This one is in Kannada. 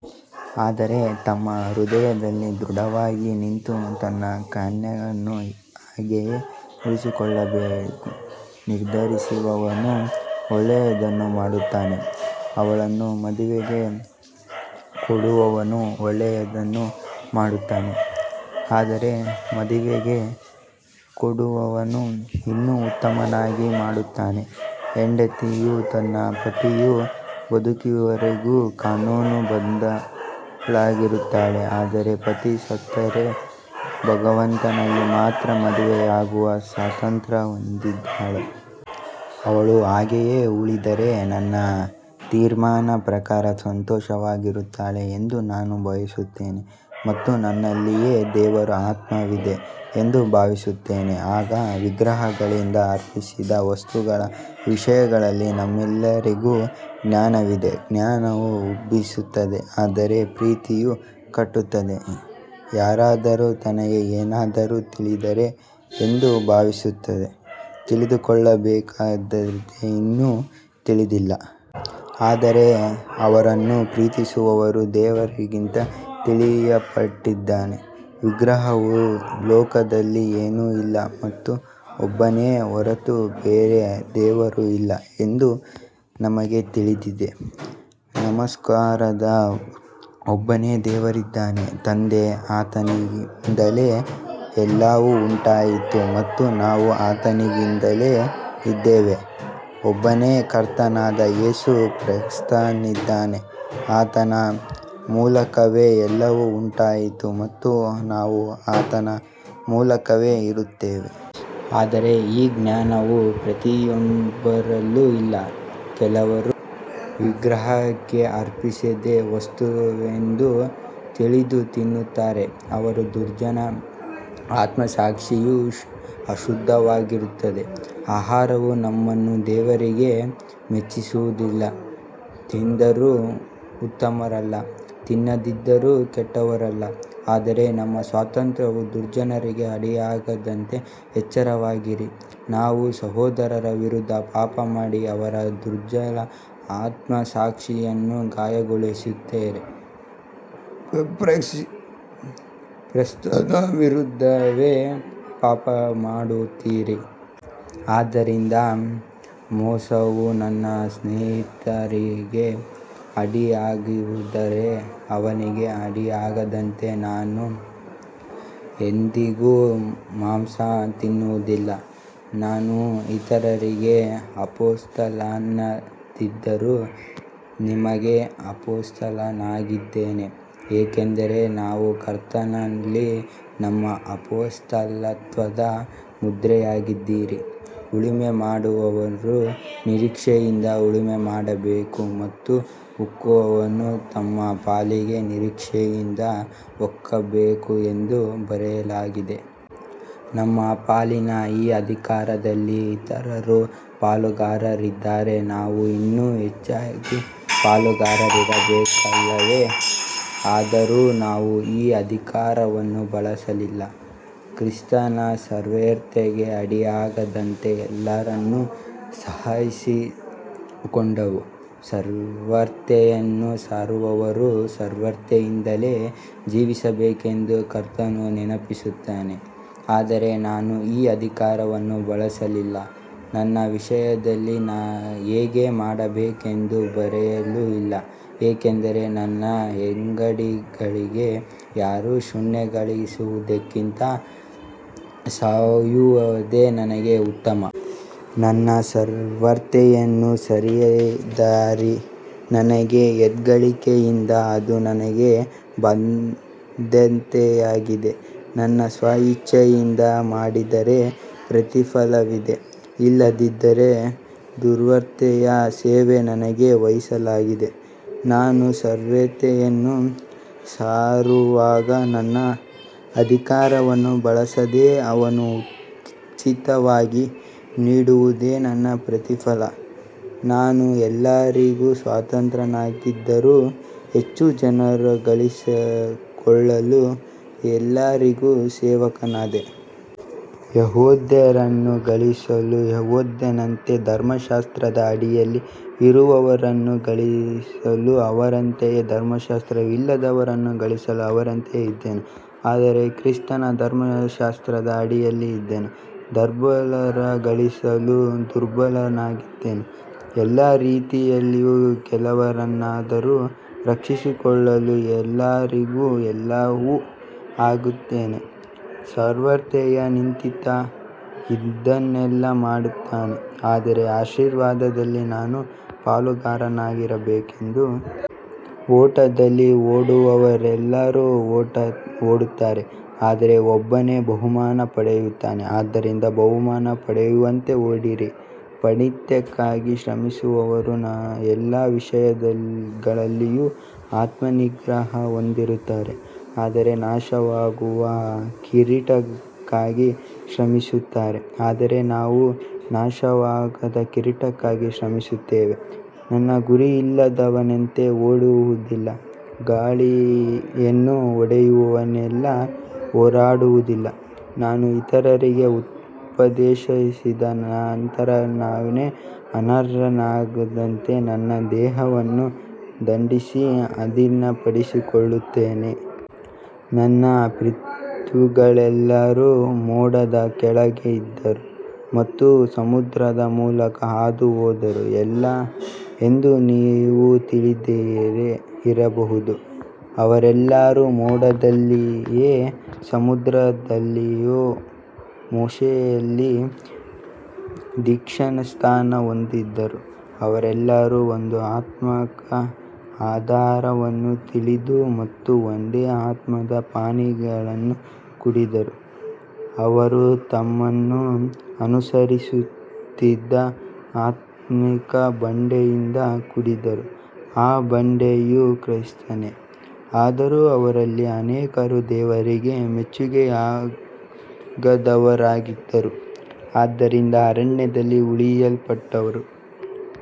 ಆದರೆ ತನ್ನ ಹೃದಯದಲ್ಲಿ ದೃಢವಾಗಿ ನಿಂತು ತನ್ನ ಕನ್ಯೆಯನ್ನು ಹಾಗೆಯೇ ಉಳಿಸಿಕೊಳ್ಳಬೇಕೆಂದು ನಿರ್ಧರಿಸಿದವನು ಒಳ್ಳೆಯದನ್ನು ಮಾಡುತ್ತಾನೆ. ಅವಳನ್ನು ಮದುವೆಗೆ ಕೊಡುವವನು ಒಳ್ಳೆಯದನ್ನು ಮಾಡುತ್ತಾನೆ, ಆದರೆ ಮದುವೆಗೆ ಕೊಡದವನು ಇನ್ನೂ ಉತ್ತಮವಾಗಿ ಮಾಡುತ್ತಾನೆ. ಹೆಂಡತಿಯು ತನ್ನ ಪತಿಯು ಬದುಕಿರುವವರೆಗೂ ಕಾನೂನಿಗೆ ಬದ್ಧಳಾಗಿರುತ್ತಾಳೆ, ಆದರೆ ಪತಿ ಸತ್ತರೆ ಭಗವಂತನಲ್ಲಿ ಮಾತ್ರ ಮದುವೆಯಾಗುವ ಸ್ವಾತಂತ್ರ್ಯ ಹೊಂದಿದ್ದಾಳೆ. ಅವಳು ಹಾಗೆಯೇ ಉಳಿದರೆ ನನ್ನ ತೀರ್ಪಿನ ಪ್ರಕಾರ ಸಂತೋಷವಾಗಿರುತ್ತಾಳೆ ಎಂದು ನಾನು ಭಾವಿಸುತ್ತೇನೆ, ಮತ್ತು ನನ್ನಲ್ಲಿಯೂ ದೇವರ ಆತ್ಮವಿದೆ ಎಂದು ಭಾವಿಸುತ್ತೇನೆ. ಈಗ ವಿಗ್ರಹಗಳಿಗೆ ಅರ್ಪಿಸಿದ ವಸ್ತುಗಳ ವಿಷಯದಲ್ಲಿ ನಮಗೆಲ್ಲರಿಗೂ ಜ್ಞಾನವಿದೆ. ಜ್ಞಾನವು ಉಬ್ಬಿಸುತ್ತದೆ, ಆದರೆ ಪ್ರೀತಿಯು ಕಟ್ಟುತ್ತದೆ. ಯಾರಾದರೂ ತನಗೆ ಏನಾದರೂ ತಿಳಿದಿದೆ ಎಂದು ಭಾವಿಸಿದರೆ, ತಿಳಿದುಕೊಳ್ಳಬೇಕಾದಂತೆ ಇನ್ನೂ ತಿಳಿದಿಲ್ಲ. ಆದರೆ ದೇವರನ್ನು ಪ್ರೀತಿಸುವವನು ದೇವರಿಂದ ತಿಳಿಯಲ್ಪಟ್ಟಿದ್ದಾನೆ. ವಿಗ್ರಹವು ಲೋಕದಲ್ಲಿ ಏನೂ ಅಲ್ಲ ಮತ್ತು ಒಬ್ಬನೇ ಹೊರತು ಬೇರೆ ದೇವರು ಇಲ್ಲ ಎಂದು ನಮಗೆ ತಿಳಿದಿದೆ. ನಮಗೋಸ್ಕರ ಒಬ್ಬನೇ ದೇವರಿದ್ದಾನೆ, ತಂದೆ, ಆತನಿಂದಲೇ ಎಲ್ಲವೂ ಉಂಟಾಯಿತು ಮತ್ತು ನಾವು ಆತನಿಗಾಗಿಯೇ ಇದ್ದೇವೆ. ಒಬ್ಬನೇ ಕರ್ತನಾದ ಯೇಸು ಕ್ರಿಸ್ತನಿದ್ದಾನೆ, ಆತನ ಮೂಲಕವೇ ಎಲ್ಲವೂ ಉಂಟಾಯಿತು ಮತ್ತು ನಾವು ಆತನ ಮೂಲಕವೇ ಇದ್ದೇವೆ. ಆದರೆ ಈ ಜ್ಞಾನವು ಪ್ರತಿಯೊಬ್ಬರಲ್ಲೂ ಇಲ್ಲ. ಕೆಲವರು ವಿಗ್ರಹಕ್ಕೆ ಅರ್ಪಿಸಿದ ವಸ್ತುವೆಂದು ತಿಳಿದು ತಿನ್ನುತ್ತಾರೆ, ಅವರ ದುರ್ಬಲ ಆತ್ಮಸಾಕ್ಷಿಯು ಅಶುದ್ಧವಾಗುತ್ತದೆ. ಆಹಾರವು ನಮ್ಮನ್ನು ದೇವರಿಗೆ ಮೆಚ್ಚಿಸುವುದಿಲ್ಲ, ತಿಂದರೂ ಉತ್ತಮರಲ್ಲ, ತಿನ್ನದಿದ್ದರೂ ಕೆಟ್ಟವರಲ್ಲ. ಆದರೆ ನಿಮ್ಮ ಸ್ವಾತಂತ್ರ್ಯವು ದುರ್ಬಲರಿಗೆ ಅಡ್ಡಿಯಾಗದಂತೆ ಎಚ್ಚರವಾಗಿರಿ. ನೀವು ಸಹೋದರನ ವಿರುದ್ಧ ಪಾಪಮಾಡಿ ಅವನ ದುರ್ಬಲ ಆತ್ಮಸಾಕ್ಷಿಯನ್ನು ಗಾಯಗೊಳಿಸಿದರೆ ಕ್ರಿಸ್ತನ ವಿರುದ್ಧವೇ ಪಾಪಮಾಡುತ್ತೀರಿ. ಆದ್ದರಿಂದ ಮಾಂಸವು ನನ್ನ ಸಹೋದರನಿಗೆ ಅಡ್ಡಿಯಾಗುವುದಾದರೆ, ಅವನಿಗೆ ಅಡ್ಡಿಯಾಗದಂತೆ ನಾನು ಎಂದಿಗೂ ಮಾಂಸ ತಿನ್ನುವುದಿಲ್ಲ. ನಾನು ಇತರರಿಗೆ ಅಪೊಸ್ತಲನಲ್ಲದಿದ್ದರೂ ನಿಮಗೆ ಅಪೊಸ್ತಲನಾಗಿದ್ದೇನೆ, ಏಕೆಂದರೆ ನೀವು ಕರ್ತನಲ್ಲಿ ನನ್ನ ಅಪೊಸ್ತಲತ್ವದ ಮುದ್ರೆಯಾಗಿದ್ದೀರಿ. ಉಳುಮೆ ಮಾಡುವವನು ನಿರೀಕ್ಷೆಯಿಂದ ಉಳುಮೆ ಮಾಡಬೇಕು ಮತ್ತು ಒಕ್ಕುವವನು ತನ್ನ ಪಾಲಿನ ನಿರೀಕ್ಷೆಯಿಂದ ಒಕ್ಕಬೇಕು ಎಂದು ಬರೆಯಲಾಗಿದೆ. ನಿಮ್ಮ ಮೇಲಿನ ಈ ಅಧಿಕಾರದಲ್ಲಿ ಇತರರು ಪಾಲುಗಾರರಾಗಿದ್ದರೆ ನಾವು ಇನ್ನೂ ಹೆಚ್ಚಾಗಿ ಪಾಲುಗಾರರಾಗಬೇಕಲ್ಲವೇ. ಆದರೂ ನಾವು ಈ ಅಧಿಕಾರವನ್ನು ಬಳಸಲಿಲ್ಲ, ಕ್ರಿಸ್ತನ ಸುವಾರ್ತೆಗೆ ಅಡ್ಡಿಯಾಗದಂತೆ ಎಲ್ಲವನ್ನೂ ಸಹಿಸಿಕೊಂಡೆವು. ಸುವಾರ್ತೆಯನ್ನು ಸಾರುವವರು ಸುವಾರ್ತೆಯಿಂದಲೇ ಜೀವಿಸಬೇಕೆಂದು ಕರ್ತನು ನೇಮಿಸಿದ್ದಾನೆ. ಆದರೆ ನಾನು ಈ ಅಧಿಕಾರವನ್ನು ಬಳಸಲಿಲ್ಲ, ನನ್ನ ವಿಷಯದಲ್ಲಿ ಹೀಗೆ ಮಾಡಬೇಕೆಂದು ಬರೆಯಲೂ ಇಲ್ಲ, ಏಕೆಂದರೆ ನನ್ನ ಹೆಗ್ಗಳಿಕೆಯನ್ನು ಯಾರೂ ಶೂನ್ಯಗೊಳಿಸುವುದಕ್ಕಿಂತ ಸಾಯುವುದೇ ನನಗೆ ಉತ್ತಮ. ನಾನು ಸುವಾರ್ತೆಯನ್ನು ಸಾರಿದರೆ ನನಗೆ ಹೆಗ್ಗಳಿಕೆಯಿಲ್ಲ, ಅದು ನನಗೆ ಬಾಧ್ಯತೆಯಾಗಿದೆ. ನಾನು ಸ್ವಇಚ್ಛೆಯಿಂದ ಮಾಡಿದರೆ ಪ್ರತಿಫಲವಿದೆ, ಇಲ್ಲದಿದ್ದರೂ ಸುವಾರ್ತೆಯ ಸೇವೆ ನನಗೆ ವಹಿಸಲಾಗಿದೆ. ನಾನು ಸುವಾರ್ತೆಯನ್ನು ಸಾರುವಾಗ ನನ್ನ ಅಧಿಕಾರವನ್ನು ಬಳಸದೆ ಅದನ್ನು ಉಚಿತವಾಗಿ ನೀಡುವುದೇ ನನ್ನ ಪ್ರತಿಫಲ. ನಾನು ಎಲ್ಲರಿಂದ ಸ್ವತಂತ್ರನಾಗಿದ್ದರೂ ಹೆಚ್ಚು ಜನರನ್ನು ಗಳಿಸಿಕೊಳ್ಳಲು ಎಲ್ಲರಿಗೂ ಸೇವಕನಾದೆ. ಯೆಹೂದ್ಯರನ್ನು ಗಳಿಸಲು ಯೆಹೂದ್ಯನಂತೆ, ಧರ್ಮಶಾಸ್ತ್ರದ ಅಡಿಯಲ್ಲಿ ಇರುವವರನ್ನು ಗಳಿಸಲು ಅವರಂತೆಯೂ, ಧರ್ಮಶಾಸ್ತ್ರವಿಲ್ಲದವರನ್ನು ಗಳಿಸಲು ಅವರಂತೆಯೂ ಇದ್ದೆನು, ಆದರೆ ಕ್ರಿಸ್ತನ ಧರ್ಮಶಾಸ್ತ್ರದ ಅಡಿಯಲ್ಲಿ ಇದ್ದೆನು. ದುರ್ಬಲರನ್ನು ಗಳಿಸಲು ದುರ್ಬಲನಾದೆನು. ಎಲ್ಲ ರೀತಿಯಿಂದಲೂ ಕೆಲವರನ್ನಾದರೂ ರಕ್ಷಿಸಿಕೊಳ್ಳಲು ಎಲ್ಲರಿಗೂ ಎಲ್ಲವೂ ಆಗಿದ್ದೇನೆ. ಸುವಾರ್ತೆಯ ನಿಮಿತ್ತ ಇದನ್ನೆಲ್ಲ ಮಾಡುತ್ತೇನೆ, ಅದರ ಆಶೀರ್ವಾದದಲ್ಲಿ ನಾನೂ ಪಾಲುಗಾರನಾಗಬೇಕೆಂದು. ಓಟದಲ್ಲಿ ಓಡುವವರೆಲ್ಲರೂ ಓಡುತ್ತಾರೆ, ಆದರೆ ಒಬ್ಬನೇ ಬಹುಮಾನ ಪಡೆಯುತ್ತಾನೆ. ಆದ್ದರಿಂದ ಬಹುಮಾನ ಪಡೆಯುವಂತೆ ಓಡಿರಿ. ಪಾಂಡಿತ್ಯಕ್ಕಾಗಿ ಶ್ರಮಿಸುವವನು ಎಲ್ಲ ವಿಷಯಗಳಲ್ಲಿಯೂ ಆತ್ಮನಿಗ್ರಹ ಹೊಂದಿರುತ್ತಾನೆ. ಅವರು ನಾಶವಾಗುವ ಕಿರೀಟಕ್ಕಾಗಿ ಶ್ರಮಿಸುತ್ತಾರೆ, ಆದರೆ ನಾವು ನಾಶವಾಗದ ಕಿರೀಟಕ್ಕಾಗಿ ಶ್ರಮಿಸುತ್ತೇವೆ. ನಾನು ಗುರಿಯಿಲ್ಲದವನಂತೆ ಓಡುವುದಿಲ್ಲ, ಗಾಳಿಯನ್ನು ಹೊಡೆಯುವವನಂತೆ ಹೋರಾಡುವುದಿಲ್ಲ. ನಾನು ಇತರರಿಗೆ ಉಪದೇಶಿಸಿದ ನಂತರ ನಾನೇ ಅನರ್ಹನಾಗದಂತೆ ನನ್ನ ದೇಹವನ್ನು ದಂಡಿಸಿ ಅಧೀನಪಡಿಸಿಕೊಳ್ಳುತ್ತೇನೆ. ನಮ್ಮ ಪಿತೃಗಳೆಲ್ಲರೂ ಮೋಡದ ಕೆಳಗಿದ್ದರು ಮತ್ತು ಸಮುದ್ರದ ಮೂಲಕ ಹಾದುಹೋದರು ಎಂದು ನೀವು ತಿಳಿಯದೆ ಇರಬಾರದು. ಅವರೆಲ್ಲರೂ ಮೋಡದಲ್ಲಿಯೂ ಸಮುದ್ರದಲ್ಲಿಯೂ ಮೋಶೆಯಲ್ಲಿ ದೀಕ್ಷಾಸ್ನಾನ ಹೊಂದಿದರು. ಅವರೆಲ್ಲರೂ ಒಂದೇ ಆತ್ಮಿಕ ಆಹಾರವನ್ನು ತಿಂದರು ಮತ್ತು ಒಂದೇ ಆತ್ಮಿಕ ಪಾನೀಯವನ್ನು ಕುಡಿದರು. ಅವರು ತಮ್ಮನ್ನು ಅನುಸರಿಸುತ್ತಿದ್ದ ಆತ್ಮಿಕ ಬಂಡೆಯಿಂದ ಕುಡಿದರು, ಆ ಬಂಡೆಯು ಕ್ರಿಸ್ತನೇ. ಆದರೂ ಅವರಲ್ಲಿ ಅನೇಕರು ದೇವರಿಗೆ ಮೆಚ್ಚಿಕೆಯಾಗದವರಾಗಿದ್ದರು, ಆದ್ದರಿಂದ ಅರಣ್ಯದಲ್ಲಿ ಉರುಳಿಸಲ್ಪಟ್ಟರು.